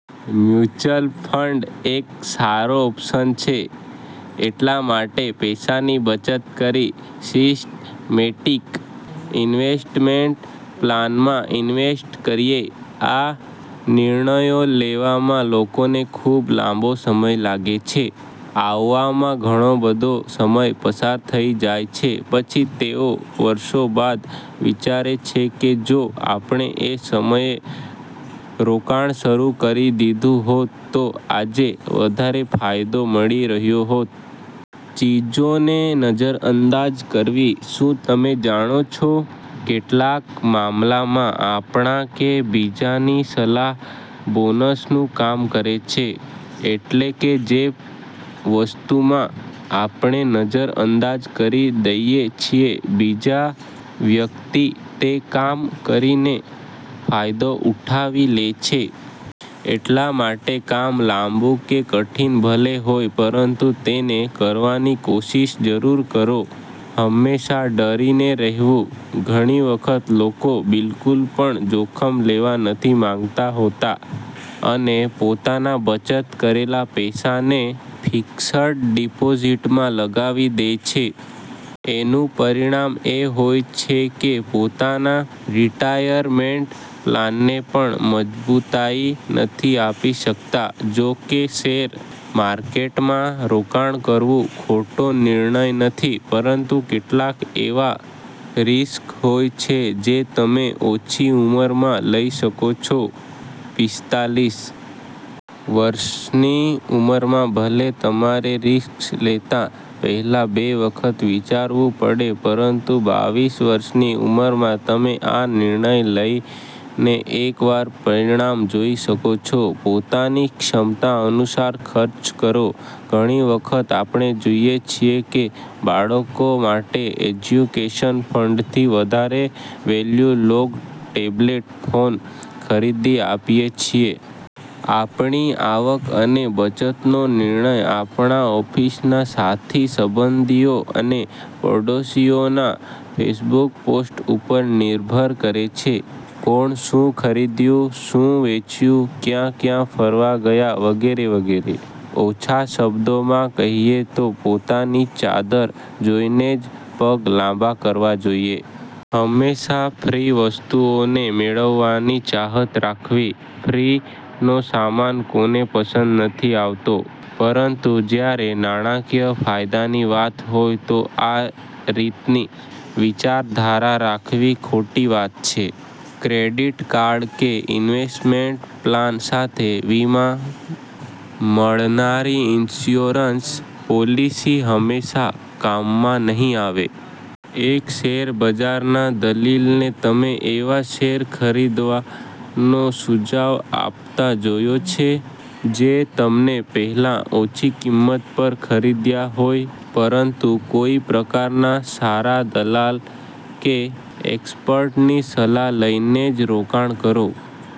Mutual fund એક સારો option છે એટલા માટે પૈસાની બચત કરી સિસ્ટમેટિક ઇન્વેસ્ટમેન્ટ પ્લાનમાં ઇન્વેસ્ટ કરીએ. આ નિર્ણયો લેવામાં લોકોને ખૂબ લાંબો સમય લાગે છે. આવવામાં ઘણો બધો સમય પસાર થઈ જાય છે પછી તેઓ વર્ષો બાદ વિચારે છે કે જો આપણે એ સમયે રોકાણ શરૂ કરી દીધું હોત તો આજે વધારે ફાયદો મળી રહ્યો હોત. ચીજોને નજરઅંદાજ કરવી, શું તમે જાણો છો કેટલાક મામલામાં આપણા કે બીજાની સલાહ બોનસ નું કામ કરે છે. એટલે કે જે વસ્તુમાં આપણે નજર અંદાજ કરી દઈએ છીએ બીજા વ્યક્તિ તે કામ કરીને ફાયદો ઉઠાવી લે છે. એટલા માટે કામ લાંબુ કે કઠિન ભલે હોય પરંતુ તેને કરવાની કોશીશ જરૂર કરો. હંમેશા ડરીને રહેવું, ઘણી વખત લોકો બિલકુલ પણ જોખમ લેવા નથી માંગતા હોતા અને પોતાના બચત કરેલા પૈસાને ફિક્સ્ડ ડિપોઝિટમાં લગાવી દે છે. એનું પરિણામ એ હોય છે કે પોતાના રિટાયરમેન્ટ પ્લાન ને પણ મજબૂતાઈ નથી આપી શકતા. જો કે શેર માર્કેટમાં રોકાણ કરવું ખોટો નિર્ણય નથી. પરંતુ કેટલાક એવા રિસ્ક હોય છે જે તમે ઓછી ઉંમરમાં લઈ શકો છો.પિસ્તાલીસ વર્ષની ઉંમરમાં ભલે તમારે રિસ્ક લેતા પહેલાં બે વખત વિચારવું પડે પરંતુ બાવીસ વર્ષની ઉંમરમાં તમે આ નિર્ણય લઈને એકવાર પરિણામ જોઈ શકો છો. પોતાની ક્ષમતા અનુસાર ખર્ચ કરો. ઘણી વખત આપણે જોઈએ છીએ કે બાળકો માટે એજ્યુકેશન ફંડથી વધારે વેલ્યુ લૉગ ટેબલેટ ફોન ખરીદી આપીએ છીએ. આપણી આવક અને બચતનો નિર્ણય આપણા ઓફિસના સાથી સંબંધીઓ અને પડોશીઓના ફેસબુક પોસ્ટ ઉપર નિર્ભર કરે છે. કોણે શું ખરીદ્યું, શું વેચ્યું, ક્યાં ક્યાં ફરવા ગયા વગેરે વગેરે. ઓછા શબ્દોમાં કહીએ તો પોતાની ચાદર જોઈને જ પગ લાંબા કરવા જોઈએ. હંમેશા ફ્રી વસ્તુઓને મેળવવાની ચાહત રાખવી, ફ્રી નો સામાન કોને પસંદ નથી આવતો. પરંતુ જ્યારે નાણાકીય ફાયદાની વાત હોય તો આ રીતની વિચારધારા રાખવી ખોટી વાત છે. ક્રેડિટ કાર્ડ કે ઇન્વેસ્ટમેન્ટ પ્લાન સાથે વીમા મળનારી ઇન્સ્યોરન્સ પોલિસી હંમેશા કામમાં નહીં આવે. એક શેર બજારના દલીલને તમે એવા શેર ખરીદવાનો સુજાવ આપતા જોયો છે જે તમને પહેલા ઓછી કિંમત પર ખરીદ્યા હોય. પરંતુ કોઇ પ્રકારના સારા દલાલ કે એક્સપર્ટની સલાહ લઈને જ રોકાણ કરો.